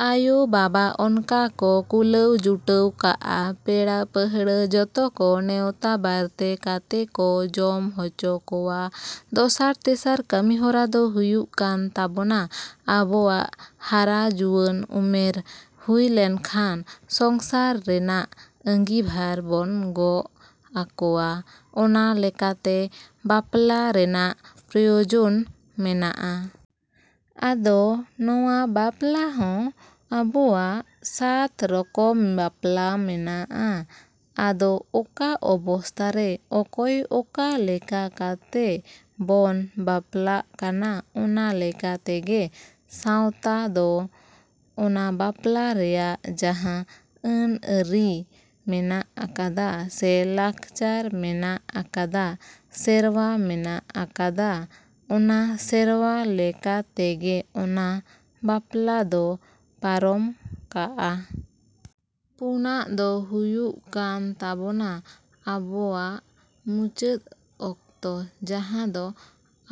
‎ᱟᱭᱳᱼᱵᱟᱵᱟ ᱚᱱᱠᱟ ᱠᱚ ᱠᱩᱞᱟᱹᱣ ᱡᱩᱴᱟᱹᱣ ᱠᱟᱜᱼᱟ, ᱯᱮᱲᱟᱼᱯᱟᱺᱦᱲᱟᱹ ᱡᱚᱛᱚ ᱠᱚ ᱱᱮᱣᱛᱟ ᱵᱟᱨᱛᱮ ᱠᱟᱛᱮ ᱠᱚ ᱡᱚᱢ ᱦᱚᱪᱚ ᱠᱚᱣᱟ᱾ ᱫᱚᱥᱟᱨ, ᱛᱮᱥᱟᱨ ᱠᱟᱹᱢᱤᱦᱚᱨᱟ ᱫᱚ ᱦᱩᱭᱩᱜ ᱠᱟᱱ ᱛᱟᱵᱚᱱᱟ ᱟᱵᱚᱣᱟᱜ ᱦᱟᱨᱟ ᱡᱩᱣᱟᱹᱱ ᱩᱢᱮᱨ ᱦᱩᱭ ᱞᱮᱱᱠᱷᱟᱱ ᱥᱚᱝᱥᱟᱨ ᱨᱮᱱᱟᱜ ᱟᱺᱜᱤᱵᱷᱟᱨ ᱵᱚᱱ ᱜᱚᱜ ᱟᱠᱚᱣᱟᱜ ᱚᱱᱟ ᱞᱮᱠᱟᱛᱮ ᱵᱟᱯᱞᱟ ᱨᱮᱱᱟᱜ ᱯᱨᱚᱭᱳᱡᱚᱱ ᱢᱮᱱᱟᱜᱼᱟ᱾ ᱟᱫᱚ ᱱᱚᱣᱟ ᱵᱟᱯᱞᱟ ᱦᱚᱸ ᱟᱵᱚᱣᱟᱜ ᱥᱟᱛ ᱨᱚᱠᱚᱢ ᱵᱟᱯᱞᱟ ᱢᱮᱱᱟᱜᱼᱟ᱾ ᱟᱫᱚ ᱚᱠᱟ ᱚᱵᱚᱥᱛᱟ ᱨᱮ ᱚᱠᱚᱭ ᱚᱠᱟ ᱞᱮᱠᱟ ᱠᱟᱛᱮ ᱵᱚᱱ ᱵᱟᱯᱞᱟᱜ ᱠᱟᱱᱟ ᱚᱱᱟ ᱞᱮᱠᱟ ᱛᱮᱜᱮ ᱥᱟᱶᱛᱟ ᱫᱚ ᱚᱱᱟ ᱵᱟᱯᱞᱟ ᱨᱮᱱᱟᱜ ᱡᱟᱦᱟᱸ ᱟᱹᱱᱼᱟᱹᱨᱤ ᱢᱮᱱᱟᱜ ᱟᱠᱟᱫᱼᱟ ᱥᱮ ᱞᱟᱠᱪᱟᱨ ᱢᱮᱱᱟᱜ ᱟᱠᱟᱫᱼᱟ, ᱥᱮᱨᱣᱟ ᱢᱮᱱᱟᱜ ᱟᱠᱟᱫᱼᱟ, ᱚᱱᱟ ᱥᱮᱨᱣᱟ ᱞᱮᱠᱟ ᱛᱮᱜᱮ ᱚᱱᱟ ᱵᱟᱯᱞᱟ ᱫᱚ ᱯᱟᱨᱚᱢ ᱠᱟᱜᱼᱟ᱾ ᱯᱩᱱᱟᱜ ᱫᱚ ᱦᱩᱭᱩᱜ ᱠᱟᱱ ᱛᱟᱵᱚᱱᱟ ᱟᱵᱚᱣᱟᱜ ᱢᱩᱪᱟᱹᱫ ᱚᱠᱛᱚ, ᱡᱟᱦᱟᱸ ᱫᱚ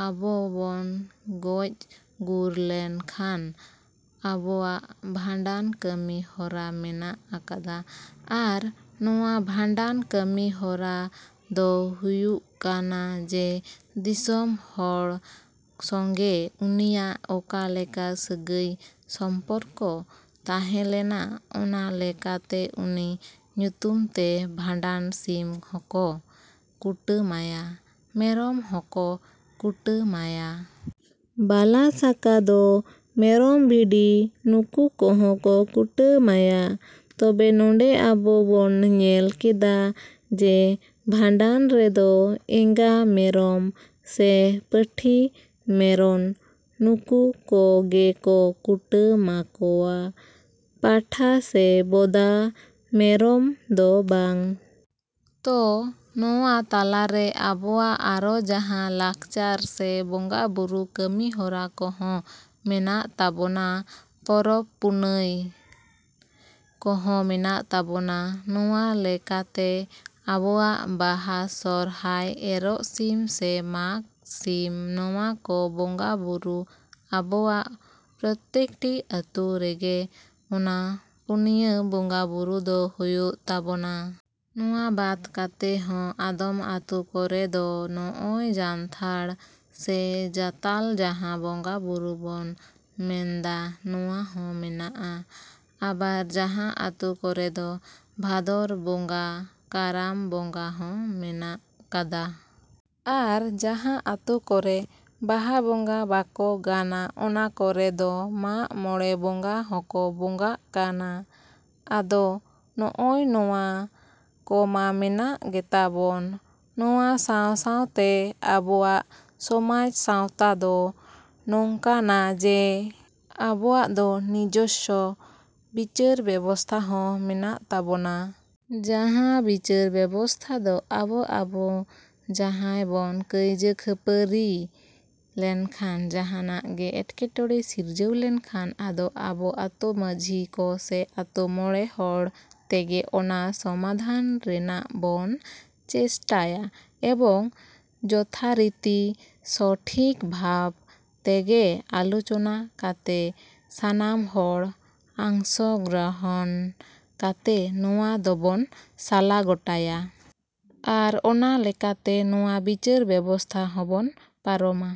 ᱟᱵᱚ ᱵᱚᱱ ᱜᱚᱡ ᱜᱩᱨ ᱞᱮᱱ ᱠᱷᱟᱱ ᱟᱵᱚᱣᱟᱜ ᱵᱷᱟᱸᱰᱟᱱ ᱠᱟᱹᱢᱤ ᱦᱚᱨᱟ ᱢᱮᱱᱟᱜ ᱟᱠᱟᱫᱼᱟ᱾ ᱟᱨ ᱱᱚᱣᱟ ᱵᱷᱟᱸᱰᱟᱱ ᱠᱟᱹᱢᱤ ᱦᱚᱨᱟ ᱫᱚ ᱦᱩᱭᱩᱜ ᱠᱟᱱᱟ ᱡᱮ, ᱫᱤᱥᱚᱢ ᱦᱚᱲ ᱥᱚᱸᱜᱮ ᱩᱱᱤᱭᱟᱜ ᱚᱠᱟ ᱞᱮᱠᱟ ᱥᱟᱹᱜᱟᱹᱭ ᱥᱚᱢᱯᱚᱨᱠᱚ ᱛᱟᱦᱮᱞᱮᱱᱟ ᱚᱱᱟ ᱞᱮᱠᱟᱛᱮ ᱩᱱᱤ ᱧᱩᱛᱩᱢ ᱛᱮ ᱵᱷᱟᱸᱰᱟᱱ ᱥᱤᱢ ᱦᱚᱸᱠᱚ ᱠᱩᱴᱟᱹᱢᱟᱭᱟ, ᱢᱮᱨᱚᱢ ᱦᱚᱸᱠᱚ ᱠᱩᱴᱟᱹᱢᱟᱭᱟ᱾ ᱵᱟᱞᱟ ᱥᱟᱠᱟ ᱫᱚ ᱢᱮᱨᱚᱢ, ᱵᱷᱤᱰᱤ ᱱᱩᱠᱩ ᱠᱚᱦᱚᱸ ᱠᱚ ᱠᱩᱴᱟᱹᱢᱟᱭᱟ᱾ ᱛᱚᱵᱮ ᱱᱚᱰᱮ ᱟᱵᱚ ᱵᱚᱱ ᱧᱮᱞ ᱠᱟᱫᱼᱟ, ᱡᱮ ᱵᱷᱟᱸᱰᱟᱱ ᱨᱮᱫᱚ ᱮᱸᱜᱟ ᱢᱮᱨᱚᱢ ᱥᱮ ᱯᱟᱹᱴᱷᱤ ᱢᱮᱨᱚᱱ ᱱᱩᱠᱩ ᱠᱚᱜᱮ ᱠᱚ ᱠᱩᱴᱟᱹᱢᱟᱠᱚᱣᱟ᱾ ᱯᱟᱸᱴᱷᱟ ᱥᱮ ᱵᱚᱫᱟ ᱢᱮᱨᱚᱢ ᱫᱚ ᱵᱟᱝ᱾ ᱛᱚ, ᱱᱚᱣᱟ ᱛᱟᱞᱟ ᱨᱮ ᱟᱵᱚᱣᱟᱜ ᱟᱨᱚ ᱡᱟᱦᱟᱸ ᱞᱟᱠᱪᱟᱨ ᱥᱮ ᱵᱚᱸᱜᱟ ᱵᱩᱨᱩ ᱠᱟᱹᱢᱤ ᱦᱚᱨᱟ ᱠᱚᱦᱚᱸ ᱢᱮᱱᱟᱜ ᱛᱟᱵᱚᱱᱟ, ᱯᱚᱨᱚᱵᱽᱼᱯᱩᱱᱟᱹᱭ ᱠᱚᱦᱚᱸ ᱢᱮᱱᱟᱜ ᱛᱟᱵᱚᱱᱟ ᱱᱚᱣᱟ ᱞᱮᱠᱟᱛᱮ ᱟᱵᱚᱣᱟᱜ ᱵᱟᱦᱟ, ᱥᱚᱨᱦᱟᱭ, ᱮᱨᱚᱜ ᱥᱤᱢ ᱥᱮ ᱢᱟᱜᱷ ᱥᱤᱢ ᱱᱚᱣᱟ ᱠᱚ ᱵᱚᱸᱜᱟ ᱵᱩᱨᱩ ᱟᱵᱚᱣᱟᱜ ᱯᱨᱚᱛᱛᱮᱠᱴᱤ ᱟᱛᱳ ᱨᱮᱜᱮ ᱚᱱᱟ ᱯᱩᱱᱭᱟᱹ ᱵᱚᱸᱜᱟ ᱵᱩᱨᱩ ᱫᱚ ᱦᱳᱭᱳᱜ ᱛᱟᱵᱚᱱᱟ᱾ ᱱᱚᱣᱟ ᱵᱟᱫ ᱠᱟᱛᱮ ᱦᱚᱸ ᱟᱫᱚᱢ ᱟᱛᱳ ᱠᱚᱨᱮ ᱫᱚ ᱱᱚᱜᱼᱚᱭ ᱡᱟᱱᱛᱷᱟᱲ ᱥᱮ ᱡᱟᱛᱟᱞ ᱡᱟᱦᱟᱸ ᱵᱚᱸᱜᱟ ᱵᱩᱨᱩ ᱵᱚᱱ ᱢᱮᱱᱫᱟ, ᱱᱚᱣᱟ ᱦᱚᱸ ᱢᱮᱱᱟᱜᱼᱟ ᱾ ᱟᱵᱟᱨ ᱡᱟᱦᱟᱸ ᱟᱛᱳ ᱠᱚᱨᱮ ᱫᱚ ᱵᱷᱟᱫᱚᱨ ᱵᱚᱸᱜᱟ ᱠᱟᱨᱟᱢ ᱵᱚᱸᱜᱟ ᱦᱚᱸ ᱢᱮᱱᱟᱜ ᱠᱟᱫᱼᱟ᱾ ᱟᱨ ᱡᱟᱦᱟᱸ ᱟᱛᱳ ᱠᱚᱨᱮ ᱵᱟᱦᱟ ᱵᱚᱸᱜᱟ ᱵᱟᱠᱚ ᱜᱟᱱᱟ, ᱚᱱᱟ ᱠᱚᱨᱮ ᱫᱚ ᱢᱟᱜᱢᱚᱬᱮ ᱵᱚᱸᱜᱟ ᱦᱚᱸᱠᱚ ᱵᱚᱸᱜᱟᱜ ᱠᱟᱱᱟ᱾ ᱟᱫᱚ ᱱᱚᱜᱼᱚᱭ ᱱᱚᱣᱟ ᱠᱚ ᱢᱟ ᱢᱮᱱᱟᱜ ᱜᱮᱛᱟ ᱵᱚᱱ, ᱱᱚᱣᱟ ᱥᱟᱶ ᱥᱟᱶ ᱛᱮ ᱟᱵᱚᱣᱟᱜ ᱥᱚᱢᱟᱡᱽ ᱥᱟᱶᱛᱟ ᱫᱚ ᱱᱚᱝᱠᱟᱱᱟ, ᱡᱮ ᱟᱵᱚᱣᱟᱜ ᱫᱚ ᱱᱤᱡᱚᱥᱥᱚ ᱵᱤᱪᱟᱨ ᱵᱮᱵᱚᱥᱛᱟ ᱦᱚᱸ ᱢᱮᱱᱟᱜ ᱛᱟᱵᱚᱱᱟ᱾ ᱡᱟᱦᱟᱸ ᱵᱤᱪᱟᱨ ᱵᱮᱵᱚᱥᱛᱟ ᱫᱚ ᱟᱵᱚ ᱟᱵᱚ ᱡᱟᱦᱟᱸᱭ ᱵᱚᱱ ᱠᱟᱹᱭᱡᱟᱹ ᱠᱷᱟᱹᱯᱟᱹᱨᱤ ᱞᱮᱱᱠᱷᱟᱱ ᱡᱟᱦᱟᱱᱟᱜ ᱜᱮ ᱮᱴᱠᱮᱴᱚᱬᱮ ᱥᱤᱨᱡᱟᱹᱣ ᱞᱮᱱᱠᱷᱟᱱ ᱟᱫᱚ ᱟᱵᱚ ᱟᱛᱳ ᱢᱟᱹᱡᱷᱤ ᱠᱚ ᱥᱮ ᱟᱛᱳ ᱢᱚᱬᱮ ᱦᱚᱲ ᱛᱮᱜᱮ ᱚᱱᱟ ᱥᱚᱢᱟᱫᱷᱟᱱ ᱨᱮᱱᱟᱜ ᱵᱚᱱ ᱪᱮᱥᱴᱟᱭᱟ, ᱮᱵᱚᱝ ᱡᱚᱛᱷᱟᱨᱤᱛᱤ ᱥᱚᱴᱷᱤᱠ ᱵᱷᱟᱵ ᱛᱮᱜᱮ ᱟᱞᱳᱪᱚᱱᱟ ᱠᱟᱛᱮ ᱥᱟᱱᱟᱢ ᱦᱚᱲ ᱟᱝᱥᱚᱜᱨᱚᱦᱚᱱ ᱠᱟᱛᱮ ᱱᱚᱣᱟ ᱫᱚᱵᱚᱱ ᱥᱟᱞᱟ ᱜᱚᱴᱟᱭᱟ᱾ ᱟᱨ ᱚᱱᱟ ᱞᱮᱠᱟᱛᱮ ᱱᱚᱣᱟ ᱵᱤᱪᱟᱨ ᱵᱮᱵᱚᱥᱛᱟ ᱦᱚᱸᱵᱚᱱ ᱯᱟᱨᱚᱢᱟ᱾।